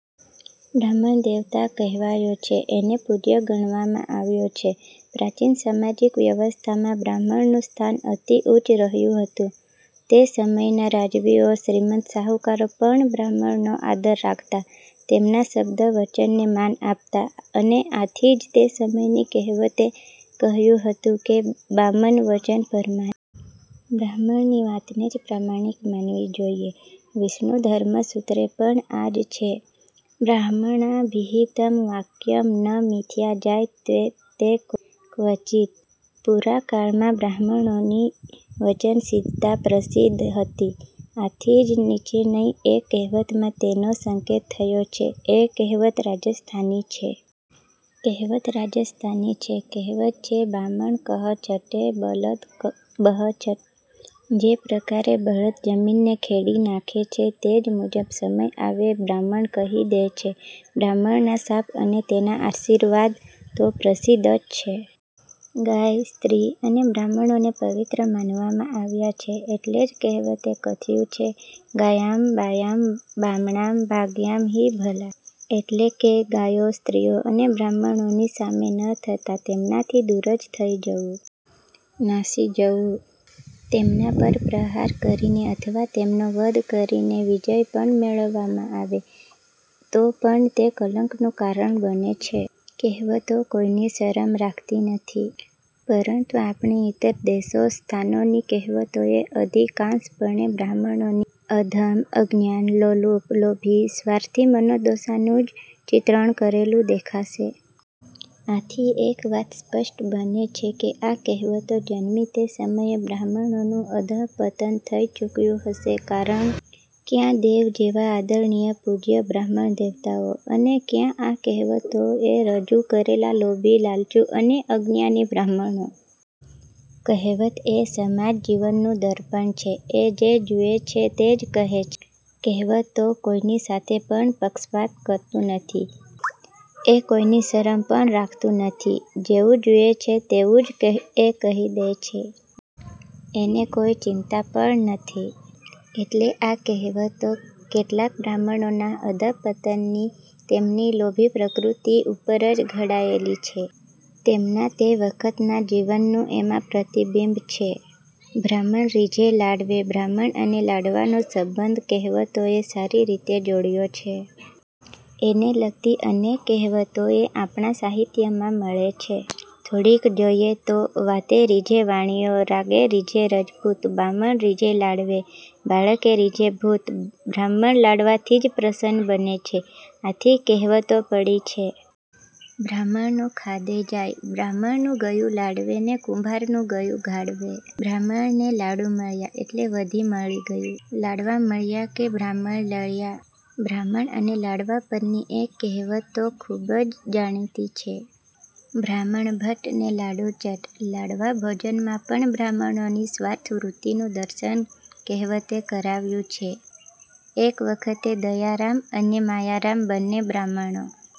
બ્રાહ્મણ દેવતા કહેવાયો છે. એને પૂજ્ય ગણવામાં આવ્યો છે. પ્રાચીન સામાજિક વ્યવસ્થામાં બ્રાહ્મણનું સ્થાન અતિ ઉચ્ચ રહ્યું હતું. તે સમયના રાજવીઓ શ્રીમંત શાહુકારો પણ બ્રાહ્મણનો આદર રાખતાં. તેમના શબ્દ વચનને માન આપતાં. અને આથી જ તે સમયની કહેવતે કહ્યું હતું કે બામન વચન પરમાન. બ્રાહ્મણની વાતને જ પ્રામાણિક માનવી જોઈએ. વિષ્ણુ ધર્મસૂત્રે પણ આજ છે બ્રાહ્મણાભિહિતં વાક્યં ન મિથ્યા જાય તે ક્વચિત. પુરા કાળમાં બ્રાહ્મણોની વચનસિદ્ધતા પ્રસિદ્ધ હતી. આથી જ નીચેની એક કહેવતમાં તેનો સંકેત થયો છે એ કહેવત રાજસ્થાની છે. કહેવત રાજસ્થાની છે. કહેવત છે બામણ કહ છટૈ બલદ બહ છટૈ. જે પ્રકારે બળદ જમીનને ખેડી નાખે છે તે જ મુજબ સમય આવે બ્રાહ્મણ કહી દે છે. બ્રાહ્મણના શાપ અને તેના આશીર્વાદ તો પ્રસિદ્ધ જ છે. ગાય, સ્ત્રી અને બ્રાહ્મણોને પવિત્ર માનવામાં આવ્યા છે એટલે જ કહેવતે કથ્યું છે ગાયાં બાયાં બામણાં ભાગ્યાં હી ભલા. એટલે કે ગાયો સ્ત્રીઓ અને બ્રાહ્મણોની સામે ન થતાં તેમનાથી દૂર જ થઈ જવું. નાસી જવું. તેમના પર પ્રહાર કરીને અથવા તેમનો વધ કરીને વિજય પણ મેળવવામાં આવે તો પણ તે કલંકનું કારણ બને છે. કહેવતો કોઈની શરમ રાખતી નથી. પરંતુ આપણી ઈતર દેશો સ્થાનોની કહેવતોએ અધિકાંશ પણે બ્રાહ્મણોની અધમ–અજ્ઞાન–લોલુપ–લોભી–સ્વાર્થી મનોદશાનું જ ચિત્રણ કરેલું દેખાશે. આથી એક વાત સ્પષ્ટ બને છે કે આ કહેવતો જન્મી તે સમયે બ્રાહ્મણોનું અધ:પતન થઈ ચૂક્યું હશે કારણ, ક્યાં દેવ જેવા આદરણીય પૂજ્ય બ્રાહ્મણ દેવતાઓ અને ક્યાં આ કહેવતોએ રજુ કરેલા લોભી–લાલચુ અને અજ્ઞાની બાહ્મણો. કહેવત એ સમાજ જીવનનું દર્પણ છે. એ જે જુએ છે તે જ કહે છે. કહેવતો કોઈની સાથે પણ પક્ષપાત કરતું નથી. એ કોઈની શરમ પણ રાખતું નથી. જેવું જુએ છે તેવું જ એ કહી દે છે. એને કોઈ ચિંતા પણ નથી. એટલે આ કહેવતો કેટલાક બ્રાહ્મણોના અધ:પતનની તેમની લોભી પ્રકૃતિની ઉપર જ ઘડાયલી છે. તેમના તે વખતના જીવનનું એમાં પ્રતિબિંબ છે. બ્રાહ્મણ રીઝે લાડવે બ્રાહ્મણ અને લાડવાનો સંબંધ કહેવતોએ સારી રીતે જોડ્યો છે. એને લગતી અનેક કહેવતોએ આપણા સાહિત્યમાં મળે છે. થોડીક જોઈએ તો. વાતે રીઝે વાણીઓ રાગે રીઝે રજપૂત બામણ રીઝે લાડવે, બાકળે રીઝે ભૂત બ્રાહ્મણ લાડવાથી જ પ્રસન્ન બને છે. આથી કહેવતો પડી છે - 'બ્રાહ્મણનું ખાધે જાય' 'બ્રાહ્મણનું ગયું લાડવે ને કુંભારનું ગયું ઘાડવે,'બ્રાહ્મણને લાડુ મળ્યા એટલે બધું મળી ગયું' 'લાડવા મળ્યા કે બ્રાહ્મણ લળ્યા' બ્રાહ્મણ અને લાડવા પરની એક કહેવત તો ખૂબ જ જાણીતી છે – 'બ્રાહ્મણ ભટ્ટ ને લાડુ ચટ્ટ' લાડવા– ભોજનમાં પણ બ્રાહ્મણોની સ્વાર્થવૃત્તિનું દર્શન કહેવતે કરાવ્યું છે. એક વખતે દયારામ અને માયારામ બન્ને બ્રાહ્મણો